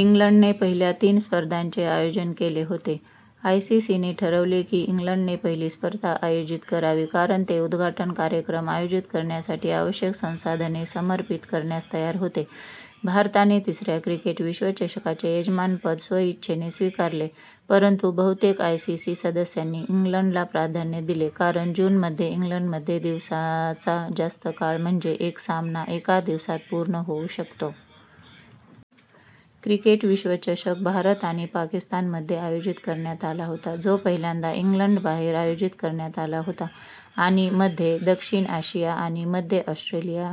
इंग्लंडने पहिल्या तीन स्पर्धांचे आयोजन केले होते. आयसीसीने ठरवले की इंग्लंडने पहिली स्पर्धा आयोजित करावी कारण ते उद्घाटन कार्यक्रम आयोजित करण्यासाठी आवश्यक संसाधने समर्पित करण्यास तयार होते. भारताने तिसऱ्या क्रिकेट विश्वचषकाचे यजमानपद स्वेच्छेने स्वीकारले, परंतु बहुतेक आयसीसी सदस्यांनी इंग्लंडला प्राधान्य दिले कारण जूनमध्ये इंग्लंडमध्ये दिवसाचा जास्त काळ म्हणजे एक सामना एका दिवसात पूर्ण होऊ शकतो. क्रिकेट विश्वचषक भारत आणि पाकिस्तानमध्ये आयोजित करण्यात आला होता, जो पहिल्यांदा इंग्लंडबाहेर आयोजित करण्यात आला होता., आणि मध्ये दक्षिण आशिया, आणि मध्ये ऑस्ट्रेलिया,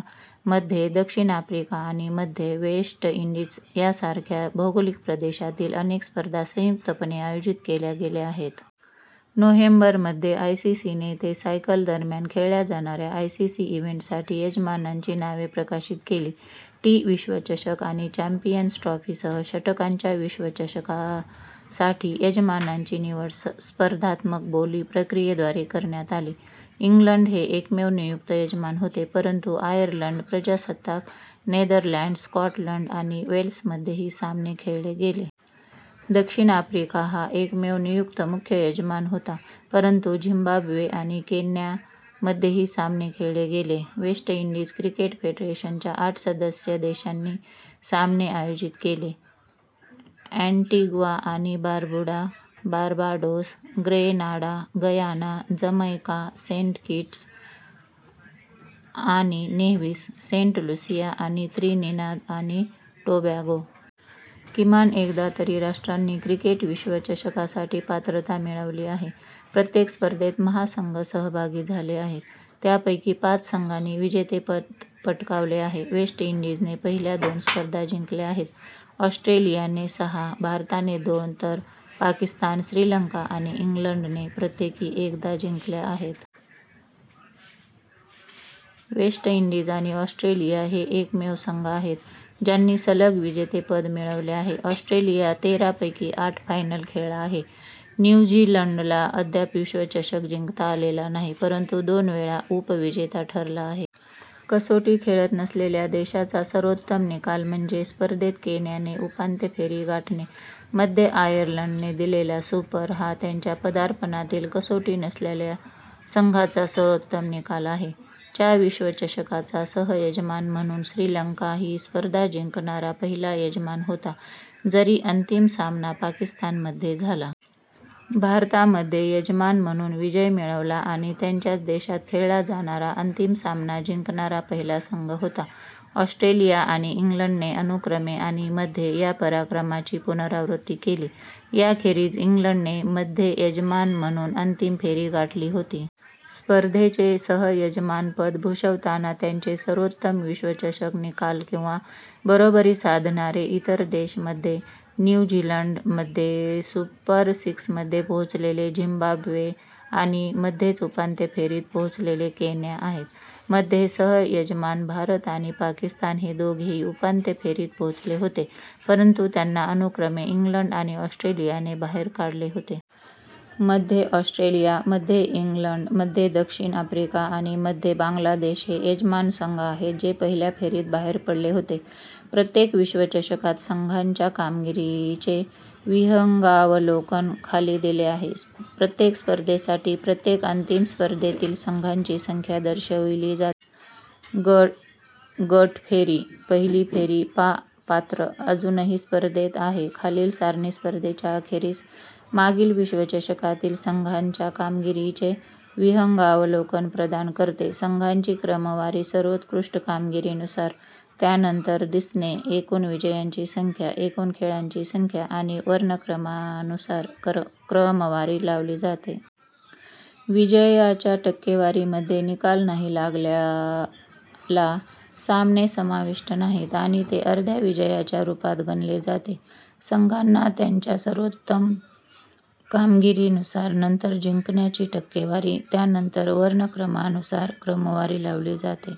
मध्ये दक्षिण आफ्रिका आणि मध्ये वेस्ट इंडीज यासारख्या भौगोलिक प्रदेशातील अनेक स्पर्धा संयुक्तपणे आयोजित केल्या गेल्या आहेत. नोव्हेंबर मध्ये, आयसीसी ने ते सायकल दरम्यान खेळल्या जाणाऱ्या आयसीसी इव्हेंटसाठी यजमानांची नावे प्रकाशित केली. टी- विश्वचषक आणि चॅम्पियन्स ट्रॉफीसह षटकांच्या विश्वचषकासाठी यजमानांची निवड स्पर्धात्मक बोली प्रक्रियेद्वारे करण्यात आली. ^ इंग्लंड हे एकमेव नियुक्त यजमान होते, परंतु आयर्लंड प्रजासत्ताक, नेदरलँड्स, स्कॉटलंड आणि वेल्समध्येही सामने खेळले गेले. ^ दक्षिण आफ्रिका हा एकमेव नियुक्त मुख्य यजमान होता, परंतु झिम्बाब्वे आणि केन्यामध्येही सामने खेळले गेले. ^ वेस्ट इंडीझ क्रिकेट फेडरेशनच्या आठ सदस्य देशांनी सामने आयोजित केले अँटिग्वा आणि Barbuda, Barbados, Grenada, Guyana, Jamaica, Saint Kitts आणि नेव्हिस, सेंट लुसिया आणि त्रिनिदाद आणि टोबॅगो. किमान एकदा तरी राष्ट्रांनी क्रिकेट विश्वचषकासाठी पात्रता मिळवली आहे. प्रत्येक स्पर्धेत सहा संघ सहभागी झाले आहेत, त्यापैकी पाच संघांनी विजेतेपद पटकावले आहे. वेस्ट इंडीजने पहिल्या दोन स्पर्धा जिंकल्या आहेत, ऑस्ट्रेलियाने सहा, भारताने दोन, तर पाकिस्तान, श्रीलंका आणि इंग्लंडने प्रत्येकी एकदा जिंकल्या आहेत. वेस्ट इंडीज आणि ऑस्ट्रेलिया हे एकमेव संघ आहेत ज्यांनी सलग विजेतेपद मिळवले आहेत. ऑस्ट्रेलिया तेरा पैकी आठ फायनल खेळला आहे. न्यू झीलंडला अद्याप विश्वचषक जिंकता आलेला नाही, परंतु दोन वेळा उपविजेता ठरला आहे. कसोटी खेळत नसलेल्या देशाचा सर्वोत्तम निकाल म्हणजे स्पर्धेत केन्याने उपांत्य फेरी गाठणे; मध्ये आयर्लंडने दिलेला सुपर हा त्यांच्या पदार्पणातील कसोटी नसलेल्या संघाचा सर्वोत्तम निकाल आहे. च्या विश्वचषकाचा सह-यजमान म्हणून श्रीलंका ही स्पर्धा जिंकणारा पहिला यजमान होता, जरी अंतिम सामना पाकिस्तानमध्ये झाला. भारताने मध्ये यजमान म्हणून विजय मिळवला आणि त्यांच्याच देशात खेळला जाणारा अंतिम सामना जिंकणारा पहिला संघ होता. ऑस्ट्रेलिया आणि इंग्लंडने अनुक्रमे आणि मध्ये या पराक्रमाची पुनरावृत्ती केली. याखेरीज इंग्लंडने मध्ये यजमान म्हणून अंतिम फेरी गाठली होती. स्पर्धेचे सह-यजमानपद भूषवताना त्यांचे सर्वोत्तम विश्वचषक निकाल किंवा बरोबरी साधणारे इतर देश मध्ये न्यू झीलंड, मध्ये सुपर सिक्समध्ये पोहोचलेले झिम्बाब्वे आणि मध्येच उपांत्य फेरीत पोहोचलेले केन्या आहेत. मध्ये सह-यजमान भारत आणि पाकिस्तान हे दोघेही उपांत्य फेरीत पोहोचले होते, परंतु त्यांना अनुक्रमे इंग्लंड आणि ऑस्ट्रेलियाने बाहेर काढले होते. मध्ये ऑस्ट्रेलिया, मध्ये इंग्लंड, मध्ये दक्षिण आफ्रिका आणि मध्ये बांगलादेश हे यजमान संघ आहेत जे पहिल्या फेरीत बाहेर पडले होते. प्रत्येक विश्वचषकात संघांच्या कामगिरीचे विहंगावलोकन खाली दिले आहे. प्रत्येक स्पर्धेसाठी, प्रत्येक अंतिम स्पर्धेतील संघांची संख्या दर्शविली जाते. ग – गट फेरी / पहिली फेरी पा – पात्र, अजूनही स्पर्धेत आहे खालील सारणी स्पर्धेच्या अखेरीस मागील विश्वचषकातील संघांच्या कामगिरीचे विहंगावलोकन प्रदान करते. संघांची क्रमवारी सर्वोत्कृष्ट कामगिरीनुसार, त्यानंतर दिसणे, एकूण विजयांची संख्या, एकूण खेळांची संख्या आणि वर्णक्रमानुसार क्रमवारी लावली जाते. विजयाच्या टक्केवारीमध्ये निकाल नाही लागल्याला सामने समाविष्ट नाहीत आणि ते अर्ध्या विजयाच्या रूपात गणले जाते. संघांना त्यांच्या सर्वोत्तम कामगिरीनुसार, नंतर जिंकण्याची टक्केवारी, त्यानंतर वर्णक्रमानुसार क्रमवारी लावली जाते.